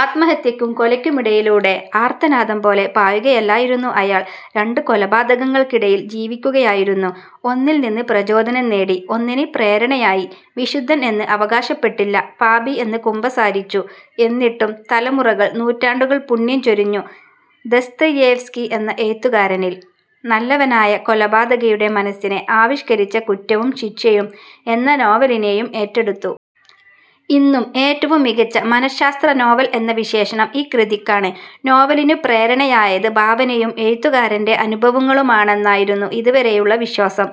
ആത്മഹത്യയ്ക്കും കൊലയ്ക്കുമിടയിലൂടെ ആർത്തനാദം പോലെ പായുകയല്ലായിരുന്നു അയാൾ. രണ്ടു കൊലപാതകങ്ങൾക്കിടയിൽ ജീവിക്കുകയായിരുന്നു. ഒന്നിൽ നിന്ന് പ്രചോദനം നേടി. ഒന്നിന് പ്രേരണയായി. വിശുദ്ധൻ എന്ന് അവകാശപ്പെട്ടില്ല. പാപി എന്ന് കുമ്പസാരിച്ചു. എന്നിട്ടും തലമുറകൾ നൂറ്റാണ്ടുകൾ പുണ്യം ചൊരിഞ്ഞു ദസ്തയേവ്സ്കി എന്ന എഴുത്തുകാരനിൽ. നല്ലവനായ കൊലപാതകിയുടെ മനസ്സിനെ ആവിഷ്കരിച്ച കുറ്റവും ശിക്ഷയും എന്ന നോവലിനെയും ഏറ്റെടുത്തു. ഇന്നും ഏറ്റവും മികച്ച മനഃശാസ്ത്ര നോവൽ എന്ന വിശേഷണം ഈ കൃതിക്കാണ്. നോവലിനു പ്രേരണയായത് ഭാവനയും എഴുത്തുകാരന്റെ അനുഭവങ്ങളുമാണെന്നായിരുന്നു ഇതുവരെയുള്ള വിശ്വാസം.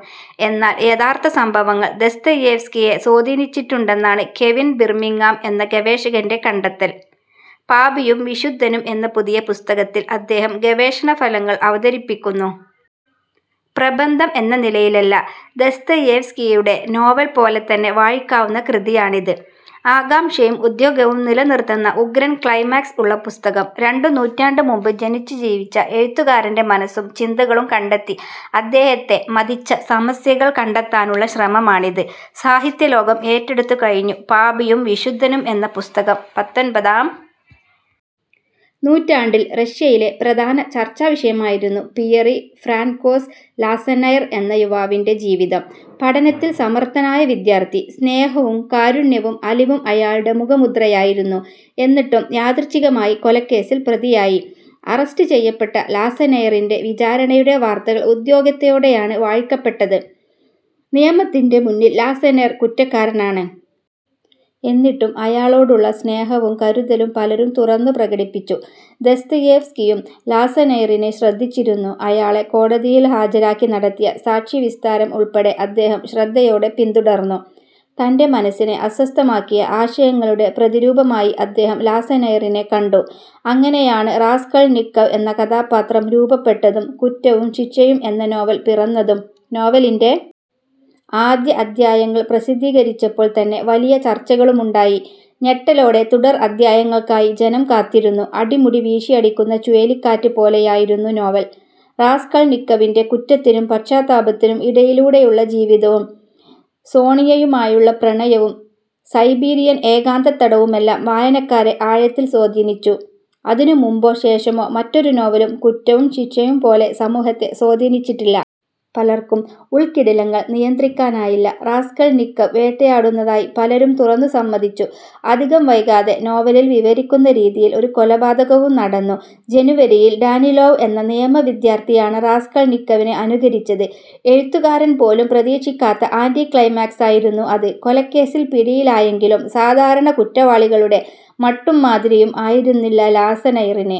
എന്നാൽ യഥാർഥ സംഭവങ്ങൾ ദസ്തയേവ്സ്കിയെ സ്വാധീനിച്ചിട്ടുണ്ടെന്നാണ് കെവിൻ ബിർമിങ്ങാം എന്ന ഗവേഷകന്റെ കണ്ടെത്തൽ. പാപിയും വിശുദ്ധനും എന്ന പുതിയ പുസ്തകത്തിൽ അദ്ദേഹം ഗവേഷണ ഫലങ്ങൾ അവതരിപ്പിക്കുന്നു. പ്രബന്ധം എന്ന നിലയിലല്ല. ദസ്തയേവ്സ്കിയുടെ നോവൽ പോലെ തന്നെ വായിക്കാവുന്ന കൃതിയാണിത്. ആകാംക്ഷയും ഉദ്വേഗവും നിലനിർത്തുന്ന ഉഗ്രൻ ക്ലൈമാക്സ് ഉള്ള പുസ്തകം. രണ്ടു നൂറ്റാണ്ട് മുമ്പ് ജനിച്ചു ജീവിച്ച എഴുത്തുകാരന്റെ മനസ്സും ചിന്തകളും കണ്ടെത്തി അദ്ദേഹത്തെ മഥിച്ച സമസ്യകൾ കണ്ടെത്താനുള്ള ശ്രമമാണിത്. സാഹിത്യലോകം ഏറ്റെടുത്തുകഴിഞ്ഞു പാപിയും വിശുദ്ധനും എന്ന പുസ്തകം. പത്തൊൻപതാം നൂറ്റാണ്ടിൽ റഷ്യയിലെ പ്രധാന ചർച്ചാവിഷയമായിരുന്നു പിയറി ഫ്രാൻകോസ് ലാസനൈർ എന്ന യുവാവിന്റെ ജീവിതം. പഠനത്തിൽ സമർഥനായ വിദ്യാർഥി. സ്നേഹവും കാരുണ്യവും അലിവും അയാളുടെ മുഖമുദ്രയായിരുന്നു. എന്നിട്ടും യാദൃച്ഛികമായി കൊലക്കേസിൽ പ്രതിയായി. അറസ്റ്റ് ചെയ്യപ്പെട്ട ലാസനൈറിന്റെ വിചാരണയുടെ വാർത്തകൾ ഉദ്വേഗത്തോടെയാണ് വായിക്കപ്പെട്ടത്. നിയമത്തിന്റെ മുന്നിൽ ലാസനൈർ കുറ്റക്കാരനാണ്. എന്നിട്ടും അയാളോടുള്ള സ്നേഹവും കരുതലും പലരും തുറന്നുപ്രകടിപ്പിച്ചു. ദസ്തയേവ്സ്കിയും ലാസനൈറിനെ ശ്രദ്ധിച്ചിരുന്നു. അയാളെ കോടതിയിൽ ഹാജരാക്കി നടത്തിയ സാക്ഷിവിസ്താരം ഉൾപ്പെടെ അദ്ദേഹം ശ്രദ്ധയോടെ പിന്തുടർന്നു. തന്റെ മനസ്സിനെ അസ്വസ്ഥമാക്കിയ ആശയങ്ങളുടെ പ്രതിരൂപമായി അദ്ദേഹം ലാസനൈറിനെ കണ്ടു. അങ്ങനെയാണ് റാസ്കൾനിക്കവ് എന്ന കഥാപാത്രം രൂപപ്പെട്ടതും കുറ്റവും ശിക്ഷയും എന്ന നോവൽ പിറന്നതും. നോവലിന്റെ ആദ്യ അധ്യായങ്ങൾ പ്രസിദ്ധീകരിച്ചപ്പോൾ തന്നെ വലിയ ചർച്ചകളുമുണ്ടായി. ഞെട്ടലോടെ തുടർ അധ്യായങ്ങൾക്കായി ജനം കാത്തിരുന്നു. അടിമുടി വീശിയടിക്കുന്ന ചുഴലിക്കാറ്റ് പോലെയായിരുന്നു നോവൽ. റാസ്കൾനിക്കവിന്റെ കുറ്റത്തിനും പശ്ചാത്താപത്തിനും ഇടയിലൂടെയുള്ള ജീവിതവും സോണിയയുമായുള്ള പ്രണയവും സൈബീരിയൻ ഏകാന്തത്തടവുമെല്ലാം വായനക്കാരെ ആഴത്തിൽ സ്വാധീനിച്ചു. അതിനു മുമ്പോ ശേഷമോ മറ്റൊരു നോവലും കുറ്റവും ശിക്ഷയും പോലെ സമൂഹത്തെ സ്വാധീനിച്ചിട്ടില്ല. പലർക്കും ഉൾക്കിടിലങ്ങൾ നിയന്ത്രിക്കാനായില്ല. റാസ്കൾനിക്കവ് വേട്ടയാടുന്നതായി പലരും തുറന്നുസമ്മതിച്ചു. അധികം വൈകാതെ നോവലിൽ വിവരിക്കുന്ന രീതിയിൽ ഒരു കൊലപാതകവും നടന്നു. ജനുവരിയിൽ ഡാനിലോവ് എന്ന നിയമ വിദ്യാർഥിയാണ് റാസ്കൾനിക്കവിനെ അനുകരിച്ചത്. എഴുത്തുകാരൻ പോലും പ്രതീക്ഷിക്കാത്ത ആന്റി ക്ലൈമാക്സായിരുന്നു അത്. കൊലക്കേസിൽ പിടിയിലായെങ്കിലും സാധാരണ കുറ്റവാളികളുടെ മട്ടും മാതിരിയും ആയിരുന്നില്ല ലാസനൈറിന്.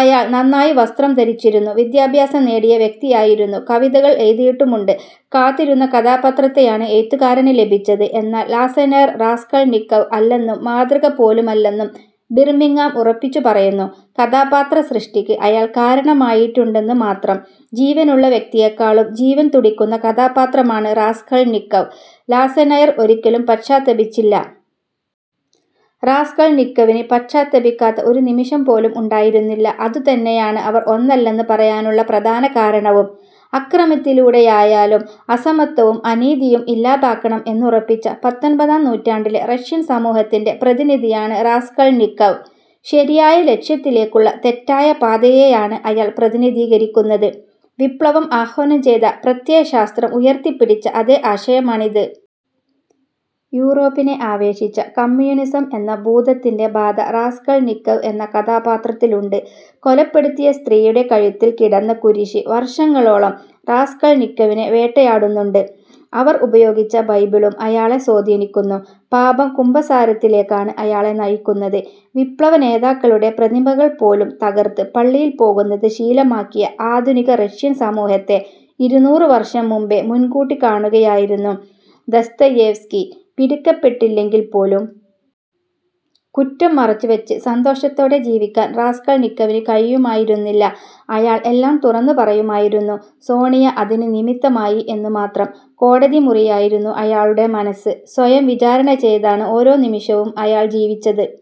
അയാൾ നന്നായി വസ്ത്രം ധരിച്ചിരുന്നു. വിദ്യാഭ്യാസം നേടിയ വ്യക്തിയായിരുന്നു. കവിതകൾ എഴുതിയിട്ടുമുണ്ട്. കാത്തിരുന്ന കഥാപാത്രത്തെയാണ് എഴുത്തുകാരന് ലഭിച്ചത്. എന്നാൽ ലാസനൈർ റാസ്കൾനിക്കവ് അല്ലെന്നും മാതൃക പോലുമല്ലെന്നും ബിർമിങ്ങാം ഉറപ്പിച്ചു പറയുന്നു. കഥാപാത്ര സൃഷ്ടിക്ക് അയാൾ കാരണമായിട്ടുണ്ടെന്നു മാത്രം. ജീവനുള്ള വ്യക്തിയേക്കാളും ജീവൻ തുടിക്കുന്ന കഥാപാത്രമാണ് റാസ്കൾനിക്കവ്. ലാസനൈർ ഒരിക്കലും പശ്ചാത്തപിച്ചില്ല. റാസ്കൾനിക്കവിന് പശ്ചാത്തപിക്കാത്ത ഒരു നിമിഷം പോലും ഉണ്ടായിരുന്നില്ല. അതുതന്നെയാണ് അവർ ഒന്നല്ലെന്ന് പറയാനുള്ള പ്രധാന കാരണവും. അക്രമത്തിലൂടെയായാലും അസമത്വവും അനീതിയും ഇല്ലാതാക്കണം എന്നുറപ്പിച്ച പത്തൊൻപതാം നൂറ്റാണ്ടിലെ റഷ്യൻ സമൂഹത്തിന്റെ പ്രതിനിധിയാണ് റാസ്കൾനിക്കവ്. ശരിയായ ലക്ഷ്യത്തിലേക്കുള്ള തെറ്റായ പാതയെയാണ് അയാൾ പ്രതിനിധീകരിക്കുന്നത്. വിപ്ലവം ആഹ്വാനം ചെയ്ത പ്രത്യയശാസ്ത്രം ഉയർത്തിപ്പിടിച്ച അതേ ആശയമാണിത്. യൂറോപ്പിനെ ആവേശിച്ച കമ്മ്യൂണിസം എന്ന ഭൂതത്തിന്റെ ബാധ റാസ്കൾനിക്കവ് എന്ന കഥാപാത്രത്തിലുണ്ട്. കൊലപ്പെടുത്തിയ സ്ത്രീയുടെ കഴുത്തിൽ കിടന്ന കുരിശ് വർഷങ്ങളോളം റാസ്കൾനിക്കവിനെ വേട്ടയാടുന്നുണ്ട്. അവർ ഉപയോഗിച്ച ബൈബിളും അയാളെ സ്വാധീനിക്കുന്നു. പാപം കുമ്പസാരത്തിലേക്കാണ് അയാളെ നയിക്കുന്നത്. വിപ്ലവനേതാക്കളുടെ പ്രതിമകൾ പോലും തകർത്ത് പള്ളിയിൽ പോകുന്നത് ശീലമാക്കിയ ആധുനിക റഷ്യൻ സമൂഹത്തെ ഇരുനൂറ് വർഷം മുമ്പേ മുൻകൂട്ടി കാണുകയായിരുന്നു ദസ്തയേവ്സ്കി. പിടിക്കപ്പെട്ടില്ലെങ്കിൽപ്പോലും കുറ്റം മറച്ചുവച്ച് സന്തോഷത്തോടെ ജീവിക്കാൻ റാസ്കൾനിക്കവിന് കഴിയുമായിരുന്നില്ല. അയാൾ എല്ലാം തുറന്നുപറയുമായിരുന്നു. സോണിയ അതിന് നിമിത്തമായി എന്നു മാത്രം. കോടതിമുറിയായിരുന്നു അയാളുടെ മനസ്സ്. സ്വയം വിചാരണ ചെയ്താണ് ഓരോ നിമിഷവും അയാൾ ജീവിച്ചത്.